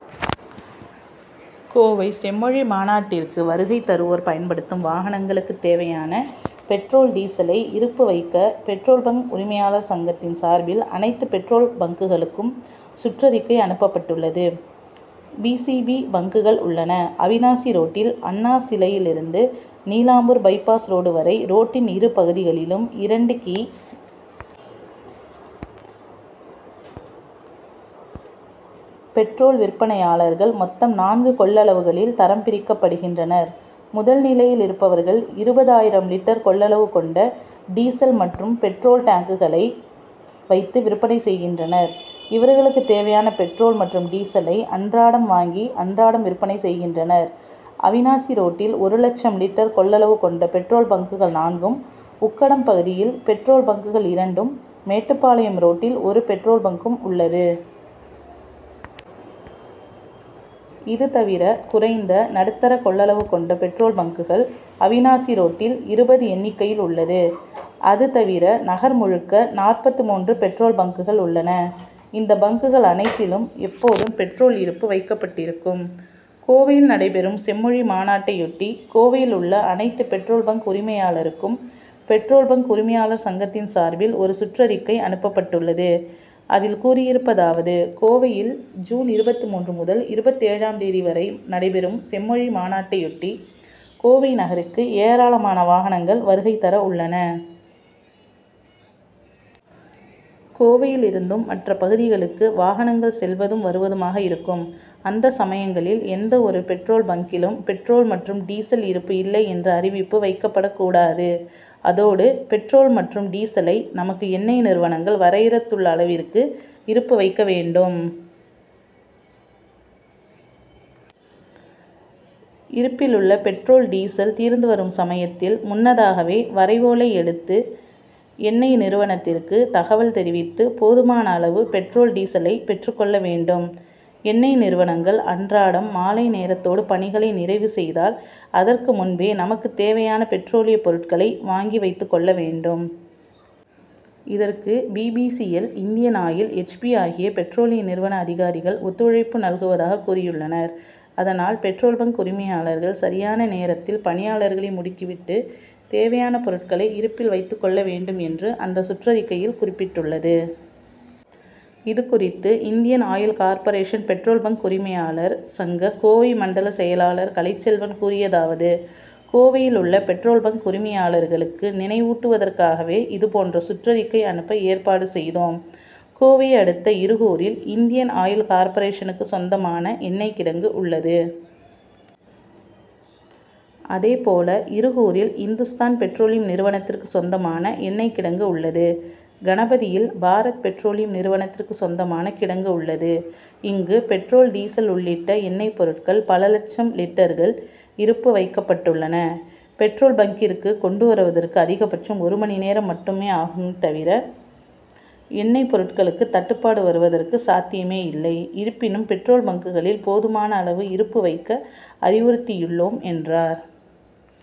கோவை செம்மொழி மாநாட்டிற்கு வருகை தருவோர் பயன்படுத்தும் வாகனங்களுக்கு தேவையான பெட்ரோல், டீசலை இருப்பு வைக்க பெட்ரோல் பங்க் உரிமையாளர் சங்கத்தின் சார்பில் அனைத்து பெட்ரோல் பங்க்குகளுக்கும் சுற்றறிக்கை அனுப்பப்பட்டுள்ளது. பி. சி. பி.பங்குகள் உள்ளன. அவிநாசி ரோட்டில் அண்ணாசிலையில் இருந்து நீலாம்பூர் பை பாஸ் ரோடு வரை ரோட்டின் இரு பகுதிகளிலும், இரண்டு கி. பெட்ரோல் விற்பனையாளர்கள் மொத்தம் நான்கு கொள்ளளவுகளில் தரம் பிரிக்கப்படுகின்றனர். முதல் நிலையில் இருப்பவர்கள் இருபது ஆயிரம் லிட்டர் கொள்ளளவு கொண்ட டீசல் மற்றும் பெட்ரோல் டேங்கர்களை வைத்து விற்பனை செய்கின்றனர். இவர்களுக்கு தேவையான பெட்ரோல் மற்றும் டீசலை அன்றாடம் வாங்கி அன்றாடம் விற்பனை செய்கின்றனர். அவிநாசி ரோட்டில் ஒரு லட்சம் லிட்டர் கொள்ளளவு கொண்ட பெட்ரோல் பங்குகள் நான்கும், உக்கடம் பகுதியில் பெட்ரோல் பங்குகள் இரண்டும், மேட்டுப்பாளையம் ரோட்டில் ஒரு பெட்ரோல் பங்கும் உள்ளது. இது தவிர குறைந்த, நடுத்தர கொள்ளளவு கொண்ட பெட்ரோல் பங்குகள் அவிநாசிரோட்டில் இருபது எண்ணிக்கையில் உள்ளது. அது தவிர நகர் முழுக்க நாற்பத்து மூன்று பெட்ரோல் பங்குகள் உள்ளன. இந்த பங்குகள் அனைத்திலும் எப்போதும் பெட்ரோல் இருப்பு வைக்கப்பட்டிருக்கும். கோவையில் நடைபெறும் செம்மொழி மாநாட்டையொட்டி கோவையில் உள்ள அனைத்து பெட்ரோல் பங்க் உரிமையாளருக்கும், பெட்ரோல் பங்க் உரிமையாளர் சங்கத்தின் சார்பில் ஒரு சுற்றறிக்கை அனுப்பப்பட்டுள்ளது அதில் கூறியிருப்பதாவது: கோவையில் ஜூன் இருபத்துமூன்று முதல் இருபத்தேழாம் தேதி வரை நடைபெறும் செம்மொழி மாநாட்டையொட்டி, கோவை நகருக்கு ஏராளமான வாகனங்கள் வருகை தர உள்ளன. கோவையில் இருந்தும் மற்ற பகுதிகளுக்கு வாகனங்கள் செல்வதும் வருவதுமாக இருக்கும். அந்த சமயங்களில் எந்த ஒரு பெட்ரோல் பங்க்கிலும் பெட்ரோல் மற்றும் டீசல் இருப்பு இல்லை என்ற அறிவிப்பு வைக்கப்படக்கூடாது. அதோடு பெட்ரோல் மற்றும் டீசலை நமக்கு எண்ணெய் நிறுவனங்கள் வரையறுத்துள்ள அளவிற்கு இருப்பு வைக்க வேண்டும். இருப்பிலுள்ள பெட்ரோல், டீசல் தீர்ந்து வரும் சமயத்தில் முன்னதாகவே வரைவோலை எடுத்து எண்ணெய் நிறுவனத்திற்கு தகவல் தெரிவித்து போதுமான அளவு பெட்ரோல் டீசலை பெற்றுக்கொள்ள வேண்டும். எண்ணெய் நிறுவனங்கள் அன்றாடம் மாலை நேரத்தோடு பணிகளை நிறைவு செய்தால், அதற்கு முன்பே நமக்கு தேவையான பெட்ரோலிய பொருட்களை வாங்கி வைத்துக் கொள்ளவேண்டும். இதற்கு B. P. C. L., Indian Oil, H. P., ஆகிய பெட்ரோலிய நிறுவன அதிகாரிகள் ஒத்துழைப்பு நல்குவதாக கூறியுள்ளனர். அதனால் பெட்ரோல் பங்க் உரிமையாளர்கள் சரியான நேரத்தில் பணியாளர்களை முடுக்கிவிட்டு தேவையான பொருட்களை இருப்பில் வைத்துக்கொள்ள வேண்டும், என்று அந்த சுற்றறிக்கையில் குறிப்பிட்டுள்ளது. இது குறித்து Indian Oil Corporation petrol bunk உரிமையாளர் சங்க, கோவை மண்டல செயலாளர் கலைச்செல்வன் கூறியதாவது: கோவையில் உள்ள பெட்ரோல் பங்க் உரிமையாளர்களுக்கு நினைவூட்டுவதற்காகவே இது போன்ற சுற்றறிக்கை அனுப்ப ஏற்பாடுசெய்தோம். கோவையை அடுத்த இருகூரில் இந்தியன் ஆயில் கார்பரேஷனுக்கு சொந்தமான எண்ணெய்கிடங்கு உள்ளது. அதே போல இருகூரில் இந்துஸ்தான் பெட்ரோலியம் நிறுவனத்திற்கு சொந்தமான எண்ணெய் கிடங்கு உள்ளது. கணபதியில் பாரத்பெட்ரோலியம் நிறுவனத்திற்கு சொந்தமான கிடங்கு உள்ளது. இங்கு பெட்ரோல், டீசல் உள்ளிட்ட எண்ணெய் பொருட்கள் பல லட்சம் லிட்டர்கள் இருப்பு வைக்கப்பட்டுள்ளன. பெட்ரோல் பங்க்கிற்கு கொண்டு வருவதற்கு அதிகபட்சம் ஒரு மணி நேரம் மட்டுமே ஆகுமே தவிர, எண்ணெய் பொருட்களுக்கு தட்டுப்பாடு வருவதற்கு சாத்தியமே இல்லை. இருப்பினும் பெட்ரோல் பங்க்குகளில் போதுமான அளவு இருப்பு வைக்க அறிவுறுத்தியுள்ளோம் என்றார்.